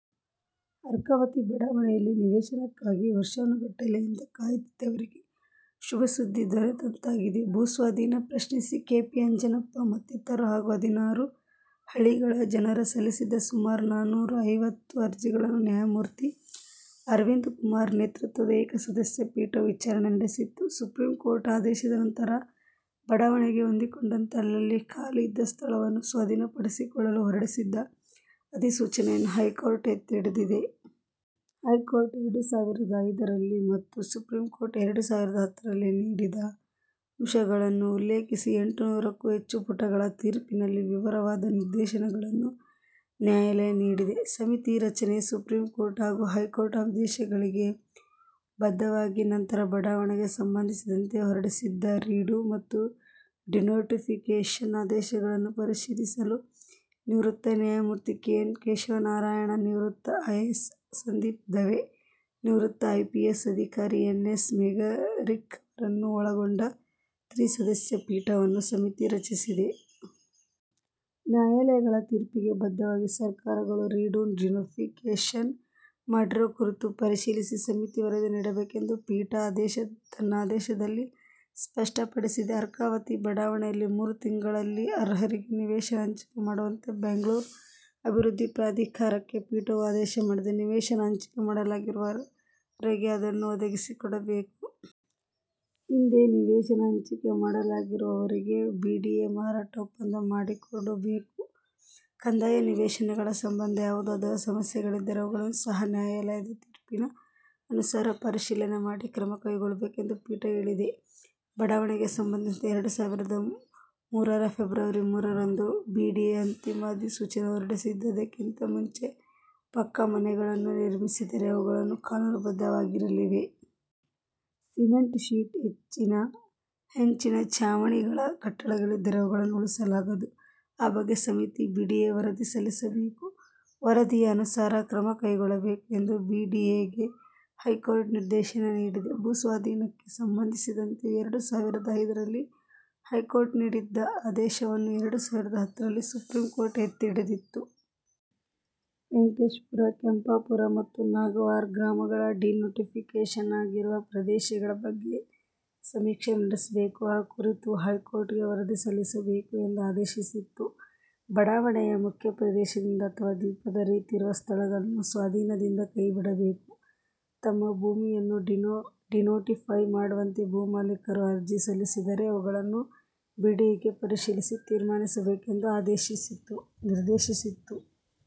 ಅರ್ಕಾವತಿ ಬಡಾವಣೆಯಲ್ಲಿ ನಿವೇಶನಕ್ಕಾಗಿ ವರ್ಷಾನುಗಟ್ಟಲೆಯಿಂದ ಕಾಯುತ್ತಿದ್ದವರಿಗೆ ಶುಭ ಸುದ್ದಿ ದೊರೆತಂತಾಗಿದೆ. ಭೂಸ್ವಾಧೀನ ಪ್ರಶ್ನಿಸಿ ಕೆ ಪಿ ಅಂಜನಪ್ಪ ಮತ್ತಿತರರು ಹಾಗೂ ಹದಿನಾರು ಹಳ್ಳಿಗಳ ಜನರು ಸಲ್ಲಿಸಿದ್ದ ಸುಮಾರು ನಾನೂರಾ ಐವತ್ತು ಅರ್ಜಿಗಳನ್ನು ನ್ಯಾಯಮೂರ್ತಿ ಅರವಿಂದ್ ಕುಮಾರ್ ನೇತೃತ್ವದ ಏಕಸದಸ್ಯ ಪೀಠವು ವಿಚಾರಣೆ ನಡೆಸಿತ್ತು. ಸುಪ್ರೀಂಕೋರ್ಟ್ ಆದೇಶದ ನಂತರ ಬಡಾವಣೆಗೆ ಹೊಂದಿಕೊಂಡಂತೆ ಅಲ್ಲಲ್ಲಿ ಖಾಲಿ ಇದ್ದ ಸ್ಥಳವನ್ನು ಸ್ವಾಧೀನಪಡಿಸಿಕೊಳ್ಳಲು ಹೊರಡಿಸಿದ್ದ ಅಧಿಸೂಚನೆಯನ್ನು ಹೈಕೋರ್ಟ್ ಎತ್ತಿಹಿಡಿದಿದೆ. ಹೈಕೋರ್ಟ್ ಎರಡು ಸಾವಿರದ ಐದರಲ್ಲಿ ಮತ್ತು ಸುಪ್ರೀಂಕೋರ್ಟ್ ಎರಡು ಸಾವಿರದ ಹತ್ತರಲ್ಲಿ ನೀಡಿದ್ದ ಅಂಶಗಳನ್ನು ಉಲ್ಲೇಖಿಸಿ ಎಂಟುನೂರಕ್ಕೂ ಹೆಚ್ಚು ಪುಟಗಳ ತೀರ್ಪಿನಲ್ಲಿ ವಿವರವಾದ ನಿರ್ದೇಶನಗಳನ್ನು ನ್ಯಾಯಾಲಯ ನೀಡಿದೆ. ಸಮಿತಿ ರಚನೆ ಸುಪ್ರೀಂ ಕೋರ್ಟ್ ಹಾಗೂ ಹೈಕೋರ್ಟ್ ಆದೇಶಗಳಿಗೆ ಬದ್ಧವಾಗಿ ನಂತರ ಬಡಾವಣೆಗೆ ಸಂಬಂಧಿಸಿದಂತೆ ಹೊರಡಿಸಿದ್ದ ರಿಡೂ ಮತ್ತು ಡಿನೋಟಿಫಿಕೇಷನ್ ಆದೇಶಗಳನ್ನು ಪರಿಶೀಲಿಸಲು ನಿವೃತ್ತ ನ್ಯಾಯಮೂರ್ತಿ ಕೆ ಎನ್ ಕೇಶವನಾರಾಯಣ, ನಿವೃತ್ತ ಐಎಎಸ್ ಸಂದೀಪ್ ದವೆ, ನಿವೃತ್ತ ಐಪಿಎಸ್ ಅಧಿಕಾರಿ ಎನ್ ಎಸ್ ಮೇಘರಿಕ್ ಅವರನ್ನು ಒಳಗೊಂಡ ತ್ರಿಸದಸ್ಯ ಪೀಠವನ್ನು ಸಮಿತಿಯ ರಚಿಸಿದೆ. ನ್ಯಾಯಾಲಯಗಳ ತೀರ್ಪಿಗೆ ಬದ್ದವಾಗಿ ಸರ್ಕಾರಗಳು ರಿಡೂ, ಡಿನೋಟಿಫಿಕೇಷನ್ ಮಾಡಿರುವ ಕುರಿತು ಪರಿಶೀಲಿಸಿ ಸಮಿತಿ ವರದಿ ನೀಡಬೇಕು ಎಂದು ಪೀಠ ತನ್ನ ಆದೇಶದಲ್ಲಿ ಸ್ಪಷ್ಟಪಡಿಸಿದೆ. ಅರ್ಕಾವತಿ ಬಡಾವಣೆಯಲ್ಲಿ ಮೂರು ತಿಂಗಳಲ್ಲಿ ಅರ್ಹರಿಗೆ ನಿವೇಶನ ಹಂಚಿಕೆ ಮಾಡುವಂತೆ ಬೆಂಗಳೂರು ಅಭಿವೃದ್ಧಿ ಪ್ರಾಧಿಕಾರಕ್ಕೆ ಪೀಠವು ಆದೇಶ ಮಾಡಿದೆ. ನಿವೇಶನ ಹಂಚಿಕೆ ಮಾಡಲಾಗಿರುವವರಿಗೆ ಅದನ್ನು ಒದಗಿಸಿಕೊಡಬೇಕು. ಹಿಂದೆ ನಿವೇಶನ ಹಂಚಿಕೆ ಮಾಡಲಾಗಿರುವವರಿಗೆ ಬಿಡಿಎ ಮಾರಾಟ ಒಪ್ಪಂದ ಮಾಡಿಕೊಡಬೇಕು. ಕಂದಾಯ ನಿವೇಶನಗಳ ಸಂಬಂಧ ಯಾವುದಾದರೂ ಸಮಸ್ಯೆಗಳಿದ್ದರೆ ಅವುಗಳನ್ನೂ ಸಹ ನ್ಯಾಯಾಲಯದ ತೀರ್ಪಿನ ಅನುಸಾರ ಪರಿಶೀಲನೆ ಮಾಡಿ ಕ್ರಮ ಕೈಗೊಳ್ಳಬೇಕು ಎಂದು ಪೀಠ ಹೇಳಿದೆ. ಬಡಾವಣೆಗೆ ಸಂಬಂಧಿಸಿದಂತೆ ಎರಡು ಸಾವಿರದ ಮೂರರ ಫೆಬ್ರುವರಿ ಮೂರರಂದು ಬಿಡಿಎ ಅಂತಿಮ ಅಧಿಸೂಚನೆ ಹೊರಡಿಸಿದ್ದು, ಅದಕ್ಕಿಂತ ಮುಂಚೆ ಪಕ್ಕಾ ಮನೆಗಳನ್ನು ನಿರ್ಮಿಸಿದ್ದರೆ ಅವುಗಳು ಕಾನೂನು ಬದ್ಧವಾಗಿರಲಿವೆ. ಸಿಮೆಂಟ್ ಶೀಟ್, ಹೆಂಚಿನ ಚಾವಣಿಗಳ ಕಟ್ಟಡಗಳಿದ್ದರೆ ಅವುಗಳನ್ನು ಉಳಿಸಲಾಗದು. ಆ ಬಗ್ಗೆ ಸಮಿತಿ ಬಿಡಿಎಗೆ ವರದಿ ಸಲ್ಲಿಸಬೇಕು. ವರದಿಯ ಅನುಸಾರ ಕ್ರಮ ಕೈಗೊಳ್ಳಬೇಕು ಎಂದು ಬಿಡಿಎಗೆ ಹೈಕೋರ್ಟ್ ನಿರ್ದೇಶನ ನೀಡಿದೆ. ಭೂಸ್ವಾಧೀನಕ್ಕೆ ಸಂಬಂಧಿಸಿದಂತೆ ಎರಡು ಸಾವಿರದ ಐದರಲ್ಲಿ ಹೈಕೋರ್ಟ್ ನೀಡಿದ್ದ ಆದೇಶವನ್ನು ಎರಡು ಸಾವಿರದ ಹತ್ತರಲ್ಲಿ ಸುಪ್ರೀಂಕೋರ್ಟ್ ಎತ್ತಿ ಹಿಡಿದಿತ್ತು. ವೆಂಕಟೇಶಪುರ, ಕೆಂಪಾಪುರ ಮತ್ತು ನಾಗಾವಾರ ಗ್ರಾಮಗಳ ಡಿನೋಟಿಫಿಕೇಷನ್ ಆಗಿರುವ ಪ್ರದೇಶಗಳ ಬಗ್ಗೆ ಸಮೀಕ್ಷೆ ನಡೆಸಬೇಕು. ಆ ಕುರಿತು ಹೈಕೋರ್ಟ್ಗೆ ವರದಿ ಸಲ್ಲಿಸಬೇಕು ಎಂದು ಆದೇಶಿಸಿತ್ತು. ಬಡಾವಣೆಯ ಮುಖ್ಯ ಪ್ರದೇಶದಿಂದ ಅಥವಾ ದ್ವೀಪದ ರೀತಿ ಇರುವ ಸ್ಥಳಗಳನ್ನು ಸ್ವಾಧೀನದಿಂದ ಕೈ ಬಿಡಬೇಕು. ತಮ್ಮ ಭೂಮಿಯನ್ನೂ ಡಿನೋಟಿಫೈ ಮಾಡುವಂತೆ ಭೂ ಮಾಲೀಕರು ಅರ್ಜಿ ಸಲ್ಲಿಸಿದರೆ ಅವುಗಳನ್ನು ಬಿಡಿಎ ಪರಿಶೀಲಿಸಿ ತೀರ್ಮಾನಿಸಬೇಕು ಎಂದು ನಿರ್ದೇಶಿಸಿತ್ತು.